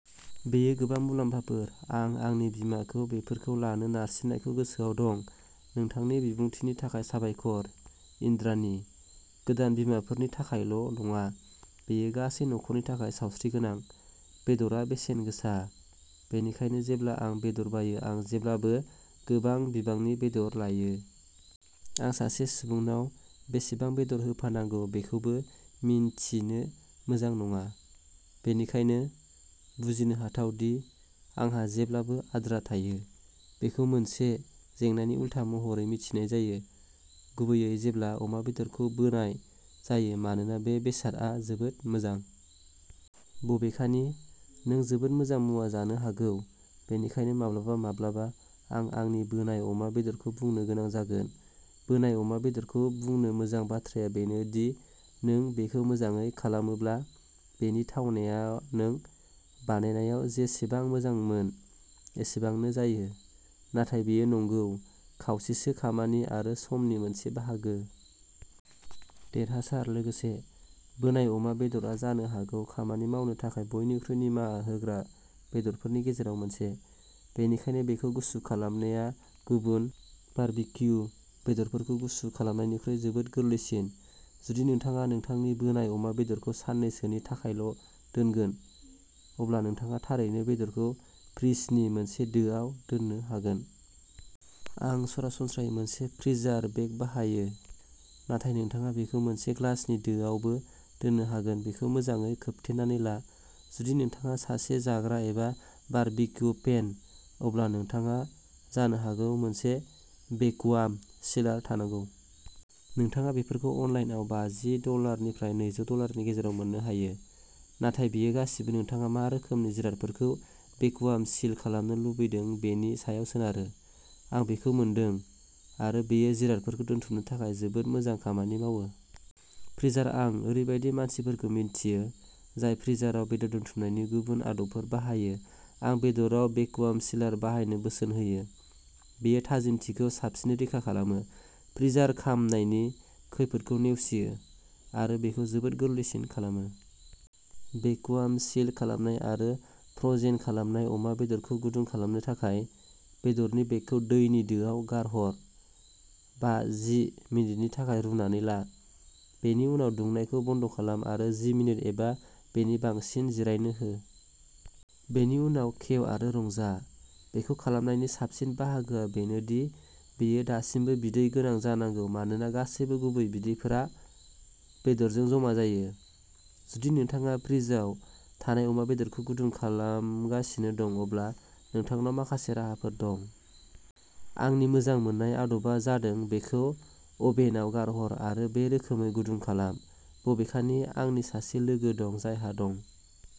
बेयो गोबां मुलाम्फाफोर आं आंनि बिमाखौ बेफोरखौ लानो नारसिननायखौ गोसोआव दं। नोंथांनि बिबुंथिनि थाखाय साबायखर इन्द्राणी। गोदान बिमाफोरनि थाखायल' नङा, बेयो गासै नखरनि थाखाय सावस्रिगोनां। बेदरआ बेसेन गोसा, बेनिखायनो जेब्ला आं बेदर बायो आं जेब्लाबो गोबां बिबांनि बेदर लायो। आं सासे सुबुंनाव बेसेबां बेदर होफानांगौ बेखौबो मिन्थिनो मोजां नङा। बेनिखायनो, बुजिनो हाथाव दि आंहा जेब्लाबो आद्रा थायो। बेखौ मोनसे जेंनानि उलथा महरै मिथिनाय जायो, गुबैयै जेब्ला अमा बेदरखौ बोनाय जायो मानोना बे बेसादआ जोबोद मोजां। बबेखानि, नों जोबोद मोजां मुवा जानो हागौ बेनिखायनो माब्लाबा-माब्लाबा आं आंनि बोनाय अमा बेदरखौ बुंनो गोनां जागोन। बोनाय अमा बेदरखौ बुंनो मोजां बाथ्राया बेनो दि नों बेखौ मोजाङै खालामोब्ला, बेनि थावनाया नों बानायनायाव जेसेबां मोजांमोन एसेबांनो जायो, नाथाय बेयो नंगौ खावसेसो खामानि आरो समनि मोनसे बाहागो। देरहासार लोगोसे, बोनाय अमा बेदरआ जानो हागौ खामानि मावनो थाखाय बयनिख्रुइ निमाहा होग्रा बेदरफोरनि गेजेराव मोनसे, बेनिखायनो बेखौ गुसु खालामनाया गुबुन बारबिक्यु बेदरफोरखौ गुसु खालामनायनिख्रुइ जोबोद गोरलैसिन। जुदि नोंथाङा नोंथांनि बोनाय अमा बेदरखौ साननैसोनि थाखायल' दोनगोन, अब्ला नोंथाङा थारैनो बेदरखौ फ्रिजनि मोनसे दोआव दोननो हागोन। आं सरासनस्रायै मोनसे फ्रिजार बेग बाहायो, नाथाय नोंथाङा बेखौ मोनसे ग्लासनि दोआवबो दोननो हागोन बेखौ मोजाङै खोबथेनानै ला। जुदि नोंथाङा सासे जाग्रा एबा बारबिक्यु फेन, अब्ला नोंथाङा जानो हागौ मोनसे भेकुवाम सिलार थानांगौ। नोंथाङा बेफोरखौ अनलाइनआव बाजि डलार निफ्राय नैजौ डलारनि गेजेरावबो मोननो हायो, नाथाय बेयो गासिबो नोंथाङा मा रोखोमनि जिरादफोरखौ भेकुवाम सिल खालामनो लुबैदों बेनि सायाव सोनारो। आं बेखौ मोनदों, आरो बेयो जिरादफोरखौ दोनथुमनो थाखाय जोबोद मोजां खामानि मावो। फ्रिजार आं ओरैबायदि मानसिफोरखौ मिथियो, जाय फ्रिजाराव बेदर दोनथुमनायनि गुबुन आदबफोर बाहायो, आं बेदराव भेकुवाम सिलार बाहायनो बोसोन होयो। बेयो थाजिमथिखौ साबसिनै रैखा खालामो, फ्रिजार खामनायनि खैफोदखौ नेवसियो, आरो बेखौ जोबोद गोरलैसिन खालामो। भेकुवाम सिल खालामनाय आरो फ्र'जेन खालामनाय अमा बेदरखौ गुदुं खालामनो थाखाय, बेदरनि बेगखौ दैनि दोआव गारहर, बा-जि मिनिटनि थाखाय रुनानै ला, बेनि उनाव दुंनायखौ बन्द खालाम आरो जि मिनिट एबा बेनि बांसिन जिरायनो हो। बेनि उनाव खेव आरो रंजा, बेखौ खालामनायनि साबसिन बाहागोआ बेनो दि बेयो दासिमबो बिदै गोनां जानांगौ मानोना गासैबो गुबै बिदैफोरा बेदरजों जमा जायो। जुदि नोंथाङा फ्रिजआव थानाय अमा बेदरखौ गुदुं खालामगासिनो दं, अब्ला नोंथांनाव माखासे राहाफोर दं। आंनि मोजां मोननाय आदबा जादों बेखौ अभेनआव गारहर आरो बे रोखोमै गुदुं खालाम, बबेखानि आंनि सासे लोगो दं जायहा दं।